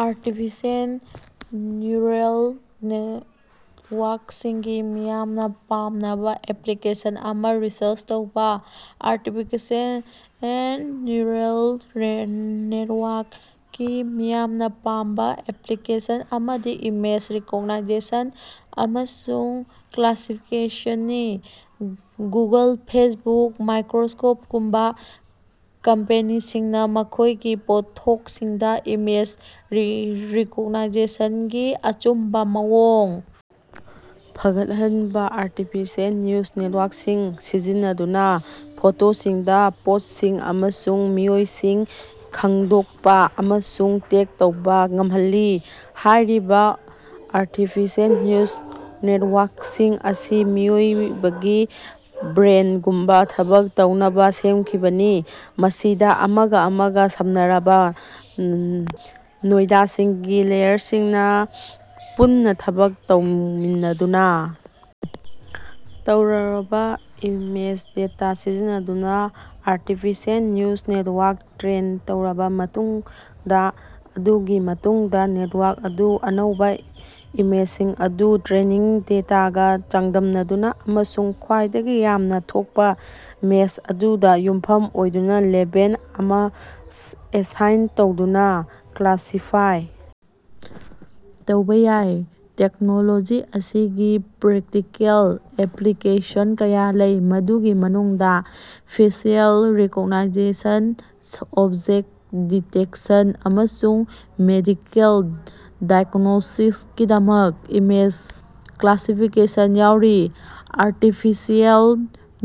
Artificial neural ꯅꯦꯠꯋꯥꯔꯛꯁꯤꯡꯒꯤ ꯃꯤꯌꯥꯝꯅ ꯄꯥꯝꯅꯕ ꯑꯦꯄ꯭ꯂꯤꯀꯦꯁꯟ ꯑꯃꯥ ꯔꯤꯁꯔꯆ ꯇꯧꯕ꯫ Artificial neural network (A. N. ꯑꯦꯟ.)ꯒꯤ ꯃꯤꯌꯥꯝꯅ ꯄꯥꯝꯅꯕ ꯑꯦꯄ꯭ꯂꯤꯀꯦꯁꯟ ꯑꯃꯗꯤ ꯏꯃꯦꯖ ꯔꯤꯀꯣꯒꯅꯤꯁꯟ ꯑꯃꯁꯨꯡ ꯀ꯭ꯂꯥꯁꯤꯐꯤꯀꯦꯁꯟꯅꯤ꯫ ꯒꯨꯒꯜ, ꯐꯦꯁꯕꯨꯛ, ꯃꯥꯏꯀ꯭ꯔꯣꯁꯣꯐꯇꯒꯨꯝꯕ ꯀꯝꯄꯦꯅꯤꯁꯤꯡꯅ ꯃꯈꯣꯏꯒꯤ ꯄꯣꯠꯊꯣꯛꯁꯤꯡꯗ ꯏꯃꯦꯖ ꯔꯤꯀꯣꯒꯅꯤꯁꯟꯒꯤ ꯑꯆꯨꯝꯕꯥ ꯃꯑꯣꯡ ꯐꯒꯠꯍꯟꯅꯕ ꯑꯥꯔꯇꯤꯐꯤꯁꯤꯑꯦꯜ ꯅ꯭ꯌꯨꯔꯜ ꯅꯦꯠꯋꯥꯔꯛꯁꯤꯡ ꯁꯤꯖꯤꯟꯅꯗꯨꯅ ꯐꯣꯇꯣꯁꯤꯡꯗ ꯄꯣꯠꯁꯤꯡ ꯑꯃꯁꯨꯡ ꯃꯤꯑꯣꯏꯁꯤꯡ ꯈꯪꯗꯣꯛꯄ ꯑꯃꯁꯨꯡ ꯇꯦꯒ ꯇꯧꯕ ꯉꯝꯍꯜꯂꯤ꯫ ꯍꯥꯏꯔꯤꯕ ꯑꯥꯔꯇꯤꯐꯤꯁꯤꯑꯦꯜ ꯅ꯭ꯌꯨꯔꯜ ꯅꯦꯇꯋꯥꯔꯛꯁꯤꯡ ꯑꯁꯤ ꯃꯤꯑꯣꯏꯕꯒꯤ ꯕ꯭ꯔꯦꯟꯒꯨꯝꯅ ꯊꯕꯛ ꯇꯧꯅꯕ ꯁꯦꯝꯈꯤꯕꯅꯤ, ꯃꯁꯤꯗ ꯑꯃꯒ ꯑꯃꯒ ꯁꯝꯅꯔꯕ ꯅꯣꯗꯁꯤꯡꯒꯤ ꯂꯦꯌꯔꯁꯤꯡꯅꯥ ꯄꯨꯟꯅ ꯊꯕꯛ ꯇꯧꯃꯤꯟꯅꯗꯨꯅꯥ ꯇꯧꯔꯕ ꯏꯃꯦꯖ ꯗꯦꯇꯥ ꯁꯤꯖꯤꯟꯅꯗꯨꯅ ꯑꯥꯔꯇꯤꯐꯤꯁꯤꯑꯦꯜ ꯅ꯭ꯋꯨꯔꯜ ꯅꯦꯠꯋꯥꯔꯛ ꯇ꯭ꯔꯦꯟ ꯇꯧꯔꯕ ꯃꯇꯨꯡꯗ, ꯃꯗꯨꯒꯤ ꯃꯇꯨꯡꯗ ꯅꯦꯠꯋꯥꯔꯛ ꯑꯗꯨꯅ ꯑꯅꯧꯕ ꯏꯃꯦꯖꯁꯤꯡ ꯑꯗꯨ ꯇ꯭ꯔꯦꯅꯤꯡ ꯗꯦꯇꯥꯒ ꯆꯥꯡꯗꯝꯅꯗꯨꯅ ꯑꯃꯁꯨꯡ ꯈ꯭ꯋꯥꯏꯗꯒꯤ ꯌꯥꯝꯅ ꯊꯣꯛꯄ ꯃꯦꯆ ꯑꯗꯨꯗ ꯌꯨꯝꯐꯝ ꯑꯣꯏꯗꯨꯅ ꯂꯦꯕꯦꯜ ꯑꯃ ꯑꯦꯁꯥꯏꯟ ꯇꯧꯗꯨꯅ ꯀ꯭ꯂꯥꯁꯤꯐꯥꯏ ꯇꯧꯕ ꯌꯥꯏ꯫ ꯇꯦꯛꯅꯣꯂꯣꯖꯤ ꯑꯁꯤꯒꯤ ꯄ꯭ꯔꯦꯛꯇꯤꯀꯦꯜ ꯑꯦꯄ꯭ꯂꯤꯀꯦꯁꯟ ꯀꯌꯥ ꯂꯩ, ꯃꯗꯨꯒꯤ ꯃꯅꯨꯡꯗ ꯐꯦꯁꯤꯑꯦꯜ ꯔꯤꯀꯣꯒꯅꯤꯁꯟ, ꯑꯣꯕꯖꯦꯛꯇ ꯗꯤꯇꯦꯛꯇꯦꯁꯟ, ꯑꯃꯁꯨꯡ ꯃꯦꯗꯤꯀꯦꯜ ꯗꯥꯏꯒ꯭ꯅꯣꯁꯤꯁꯀꯤꯗꯃꯛꯇꯥ ꯏꯃꯦꯖ ꯀ꯭ꯂꯥꯁꯤꯐꯤꯀꯦꯁꯟ ꯌꯥꯎꯔꯤ꯫ ꯑꯥꯔꯇꯤꯐꯤꯁꯤꯑꯦꯜ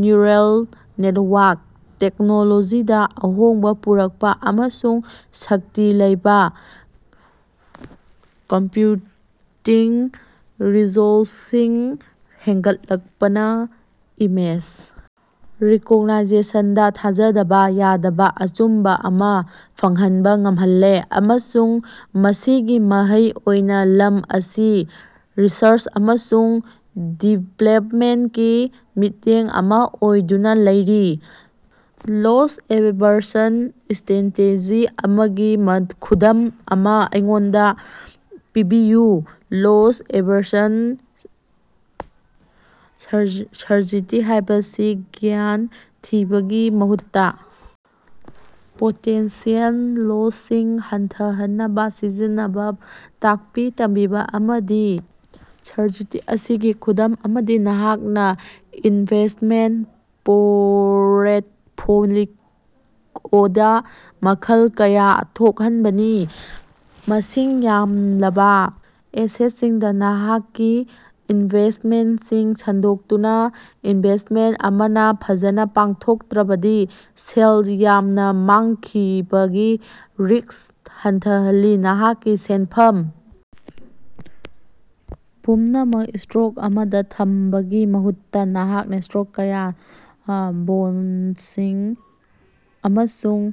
ꯅ꯭ꯌꯨꯔꯜ ꯅꯦꯇꯋꯥꯔꯛ ꯇꯦꯛꯅꯣꯂꯣꯖꯤꯗ ꯑꯍꯣꯡꯕ ꯄꯨꯔꯛꯄ ꯑꯃꯁꯨꯡ ꯁꯛꯇꯤ ꯂꯩꯕ ꯀꯝꯄ꯭ꯌꯨꯇꯤꯡ ꯔꯤꯁꯣꯔꯁꯁꯤꯡ ꯍꯦꯟꯒꯠꯂꯛꯄꯅ ꯏꯃꯦꯖ ꯔꯤꯀꯣꯒꯅꯤꯁꯟꯗ ꯊꯥꯖꯕ ꯌꯥꯗꯕ ꯑꯆꯨꯝꯕ ꯑꯃꯥ ꯐꯪꯍꯟꯕ ꯉꯝꯍꯜꯂꯦ, ꯑꯃꯁꯨꯡ ꯃꯁꯤꯒꯤ ꯃꯍꯩ ꯑꯣꯏꯅ ꯂꯝ ꯑꯁꯤ ꯔꯤꯁꯔꯆ ꯑꯃꯁꯨꯡ ꯗꯤꯕꯦꯂꯞꯃꯦꯟꯇꯀꯤ ꯃꯤꯠꯌꯦꯡ ꯑꯃ ꯑꯣꯏꯗꯨꯅ ꯂꯩꯔꯤ꯫ ꯂꯣꯁ-ꯑꯦꯚꯥꯔꯁꯟ ꯁꯇ꯭ꯔꯦꯇꯦꯖꯤ ꯑꯃꯒꯤ ꯈꯨꯗꯝ ꯑꯃ ꯑꯩꯉꯣꯟꯗ ꯄꯤꯕꯤꯌꯨ꯫ ꯂꯣꯁ-ꯑꯦꯚꯔꯁꯟ ꯁ꯭ꯠꯔꯥꯇꯦꯖꯤ ꯍꯥꯏꯕꯁꯤ ꯒꯦꯏꯟ ꯊꯤꯕꯒꯤ ꯃꯍꯨꯠꯇ ꯄꯣꯇꯦꯟꯁꯤꯑꯦꯜ ꯂꯣꯁꯁꯤꯡ ꯍꯟꯊꯍꯟꯅꯕ ꯁꯤꯖꯤꯟꯅꯕ ꯇꯥꯛꯄꯤ-ꯇꯝꯕꯤꯕ ꯑꯃꯅꯤ꯫ ꯁ꯭ꯠꯔꯦꯇꯦꯖꯤ ꯑꯁꯤꯒꯤ ꯈꯨꯗꯝ ꯑꯃꯗꯤ ꯅꯍꯥꯛꯀꯤ ꯏꯟꯚꯦꯁ꯭ꯇꯃꯦꯟꯇ ꯄꯣꯔꯠꯐꯣꯂꯤꯑꯣꯗꯥ ꯃꯈꯜ ꯀꯌ ꯊꯣꯛꯍꯟꯕꯅꯤ꯫ ꯃꯁꯤꯡ ꯌꯥꯝꯂꯕ ꯑꯦꯁꯦꯠꯁꯤꯡꯗ ꯅꯍꯥꯛꯀꯤ ꯏꯟꯚꯦꯁ꯭ꯇꯃꯦꯟꯇꯁꯤꯡ ꯁꯟꯗꯣꯛꯇꯨꯅ, ꯏꯟꯚꯦꯁ꯭ꯇꯃꯦꯟꯇ ꯑꯃꯅꯥ ꯐꯖꯅ ꯄꯥꯡꯊꯣꯛꯇ꯭ꯔꯕꯗꯤ ꯁꯦꯜ ꯌꯥꯝꯅ ꯃꯥꯡꯈꯤꯕꯒꯤ ꯔꯤꯛꯁ ꯍꯟꯊꯍꯜꯂꯤ꯫ ꯅꯍꯥꯛꯀꯤ ꯁꯦꯟꯐꯝ ꯄꯨꯝꯅꯃꯛ ꯁ꯭ꯇꯣꯛ ꯑꯃꯗ ꯊꯝꯕꯒꯤ ꯃꯍꯨꯠꯇ, ꯅꯍꯥꯛꯅ ꯁ꯭ꯇꯣꯛ ꯀꯌ, ꯕꯣꯟꯗꯁꯤꯡ ꯑꯃꯁꯨꯡ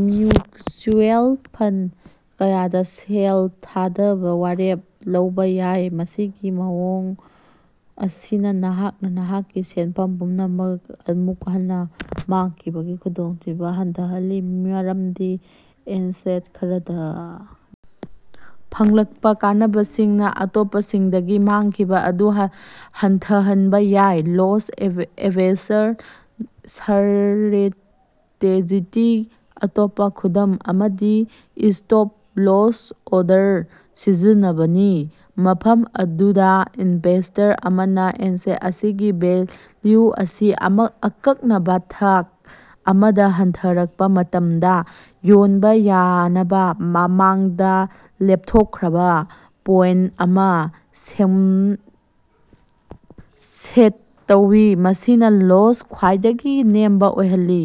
ꯃ꯭ꯌꯨꯆꯨꯑꯦꯜ ꯐꯟꯗ ꯀꯌꯥꯗ ꯁꯦꯜ ꯊꯥꯗꯅꯕ ꯋꯥꯔꯦꯞ ꯂꯧꯕ ꯌꯥꯏ꯫ ꯃꯁꯤꯒꯤ ꯃꯑꯣꯡ ꯑꯁꯤꯅ ꯅꯍꯥꯛꯅꯥ ꯅꯍꯥꯛꯀꯤ ꯁꯦꯟꯐꯝ ꯄꯨꯝꯅꯃꯛ ꯑꯃꯨꯛ ꯍꯟꯅ ꯃꯥꯡꯈꯤꯕꯒꯤ ꯈꯨꯗꯣꯡꯊꯤꯕ ꯍꯟꯊꯍꯜꯂꯤ ꯃꯔꯝꯗꯤ ꯑꯦꯁꯦꯠ ꯈꯔꯗꯒꯤ ꯐꯪꯂꯛꯄ ꯀꯥꯟꯅꯕꯁꯤꯡꯅ ꯑꯇꯣꯞꯄꯁꯤꯡꯗꯒꯤ ꯃꯥꯡꯈꯤꯕ ꯑꯗꯨ ꯍꯟꯊꯍꯟꯕ ꯌꯥꯏ꯫ ꯂꯣꯁ-ꯑꯦꯚꯥꯔꯁꯟ ꯁ꯭ꯠꯔꯦꯇꯦꯖꯤꯒꯤ ꯑꯇꯣꯞꯄ ꯈꯨꯗꯝ ꯑꯃꯗꯤ ꯏꯁꯇꯣꯞ-ꯂꯣꯁ ꯑꯣꯔꯗꯔ ꯁꯤꯖꯤꯟꯅꯕꯅꯤ, ꯃꯐꯝ ꯑꯗꯨꯗ ꯏꯟꯚꯦꯁꯇꯔ ꯑꯃꯅ ꯑꯦꯁꯦꯠ ꯑꯃꯒꯤ ꯚꯦꯜꯌꯨ ꯑꯁꯤ ꯑꯀꯛꯅꯕ ꯊꯥꯛ ꯑꯃꯗꯥ ꯍꯟꯊꯔꯛꯄ ꯃꯇꯝꯗ ꯌꯣꯟꯕ ꯌꯥꯅꯕ ꯃꯃꯥꯡꯗ ꯂꯦꯞꯊꯣꯛꯈ꯭ꯔꯕ ꯄꯣꯏꯟꯇ ꯑꯃ ꯁꯦꯠ ꯇꯧꯏ, ꯃꯁꯤꯅ ꯂꯣꯁ ꯈ꯭ꯋꯥꯏꯗꯒꯤ ꯅꯦꯝꯕ ꯑꯣꯏꯍꯜꯂꯤ꯫